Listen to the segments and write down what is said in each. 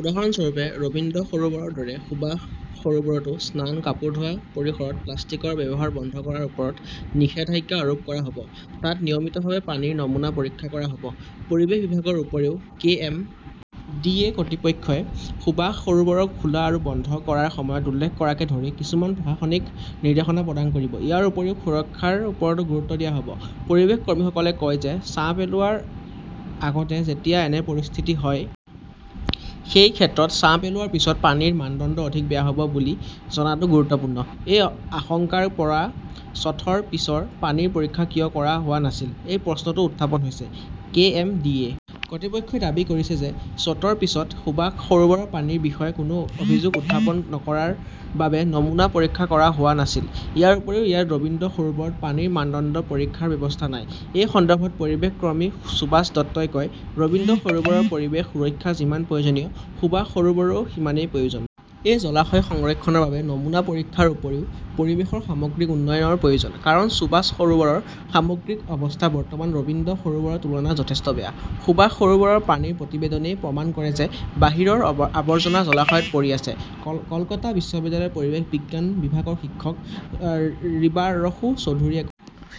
উদাহৰণস্বৰূপে, ৰবীন্দ্ৰ সৰোবৰৰ দৰে সুভাষ সৰোবৰতো স্নান, কাপোৰ ধোৱা, পৰিসৰত প্লাষ্টিকৰ ব্যৱহাৰ বন্ধ কৰাৰ ওপৰত নিষেধাজ্ঞা আৰোপ কৰা হ 'ব। তাত নিয়মিতভাৱে পানীৰ নমুনা পৰীক্ষা কৰা হ "ব। পৰিৱেশ বিভাগৰ উপৰিও, কে. এম. ডি. এ. কৰ্তৃপক্ষই সুভাষ সৰোবৰ খোলা আৰু বন্ধ কৰাৰ সময়ত উল্লেখ কৰাকে ধৰি আৰু কিছুমান প্ৰশাসনিক নিৰ্দেশনা প্ৰদান কৰিব। ইয়াৰ উপৰিও সুৰক্ষাৰ ওপৰতো গুৰুত্ব দিয়া হ "ব। পৰিৱেশ কৰ্মীসকলে কয় যে ছাঁ পেলোৱাৰ আগতে যেতিয়া এনে পৰিস্থিতি হয়। সেই ক্ষেত্ৰত ছাঁ পেলোৱাৰ পিছত পানীৰ মানদণ্ড অধিক বেয়া হ "ব বুলি জনাটো গুৰুত্বপূৰ্ণ। এই আশংকাৰ পৰা ছথৰ পিছৰ পানীৰ পৰীক্ষা কিয় কৰা হোৱা নাছিল? সেই প্ৰশ্নটোও উত্থাপন হৈছে। কে. এম. ডি. এ. কৰ্তৃপক্ষই দাবী কৰিছে যে শ্বটৰ পিছত সুভাষ সৰোবৰৰ পানীৰ বিষয়ে কোনো অভিযোগ উত্থাপন নকৰাৰ বাবে নমুনা পৰীক্ষা কৰা হোৱা নাছিল। ইয়াৰ উপৰিও ইয়াত ৰবীন্দ্ৰ সৰোবৰত পানীৰ মানদণ্ড পৰীক্ষাৰ ব্যৱস্থা নাই। এই সন্দৰ্ভত পৰিৱেশ কৰ্মী সুভাষ দত্তই কয়, "ৰবীন্দ্ৰ সৰোবৰৰ পৰিৱেশ সুৰক্ষা যিমান প্ৰয়োজনীয়, সুভাষ সৰোবৰৰো সিমানেই প্ৰয়োজনীয়। এই জলাশয় সংৰক্ষণৰ বাবে নমুনা পৰীক্ষাৰ উপৰিও পৰিৱেশৰ সামগ্ৰিক উন্নয়নৰ প্ৰয়োজন। কাৰণ, সুভাষ সৰোবৰৰ সামগ্ৰিক অৱস্থা বৰ্তমান ৰবীন্দ্ৰ সৰোবৰৰ তুলনাত যথেষ্ট বেয়া। "সুভাষ সৰোবৰৰ পানীৰ প্ৰতিবেদনই প্ৰমাণ কৰে যে বাহিৰৰ আৱৰ্জনা জলাশয়ত পৰি আছে", কলকাতা বিশ্ববিদ্যালয়ৰ পৰিৱেশ বিজ্ঞান বিভাগৰ শিক্ষক ৰিবাৰসু চৌধুৰীয়ে কয়।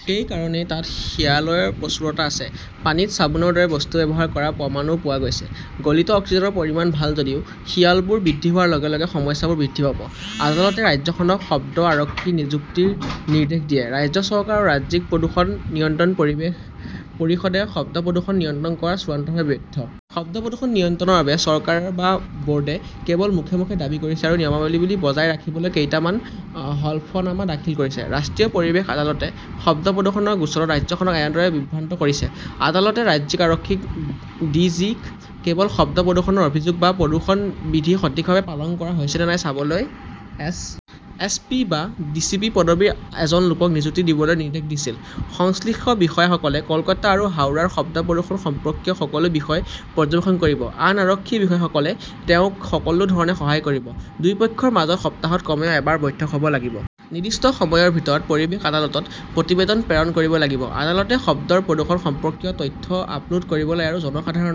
সেই কাৰণেই তাত শিয়ালৰ প্ৰচুৰতা আছে। পানীত চাবোনৰ দৰে বস্তু ব্যৱহাৰ কৰাৰ প্ৰমাণও পোৱা গৈছে। গলিত অক্সিজেনৰ পৰিমাণ ভাল যদিও শিয়ালবোৰ বৃদ্ধি হোৱাৰ লগে লগে সমস্যাবোৰ বৃদ্ধি পাব। "। আদালতে ৰাজ্যখনক শব্দ-আৰক্ষী নিযুক্তিৰ নিৰ্দেশ দিয়ে ৰাজ্য চৰকাৰ আৰু ৰাজ্যিক প্ৰদূষণ নিয়ন্ত্ৰণ পৰিষদে শব্দ প্ৰদূষণ নিয়ন্ত্ৰণ কৰাত 'চূড়ান্তভাৱে ব্যৰ্থ'। শব্দ প্ৰদূষণ নিয়ন্ত্ৰণৰ বাবে চৰকাৰ বা বোৰ্ডে কেৱল মুখে মুখে দাবী কৰিছে আৰু নিয়মাৱলী বজাই ৰাখিবলৈ কেইটামান হলফনামা দাখিল কৰিছে। ৰাষ্ট্ৰীয় পৰিৱেশ আদালতে শব্দ প্ৰদূষণৰ গোচৰত ৰাজ্যখনক এনেদৰে বিভ্ৰান্ত কৰিছে। আদালতে ৰাজ্যিক আৰক্ষীৰ ডিজি-ক কেৱল শব্দ প্ৰদূষণৰ অভিযোগ বা প্ৰদূষণ বিধি সঠিকভাৱে পালন কৰা হৈছে নে নাই চাবলৈ এছ. পি. বা ডি. চি. পি. পদবীৰ এজন লোকক নিযুক্তি দিবলৈ নিৰ্দেশ দিছিল। সংশ্লিষ্ট বিষয়াসকলে কলকাতা আৰু হাওড়াৰ শব্দ প্ৰদূষণ সম্পৰ্কীয় সকলো বিষয় পৰ্যবেক্ষণ কৰিব। আন আৰক্ষী বিষয়াসকলে তেওঁক সকলো ধৰণে সহায় কৰিব। দুয়োপক্ষৰ মাজত সপ্তাহত কমেও এবাৰ বৈঠক হ "ব লাগিব। নিৰ্দিষ্ট সময়ৰ ভিতৰত পৰিৱেশ আদালতত প্ৰতিবেদন প্ৰেৰণ কৰিব লাগিব। আদালতে শব্দ প্ৰদূষণ সম্পৰ্কীয় তথ্য আপলোড কৰিবলৈ আৰু জনসাধাৰণক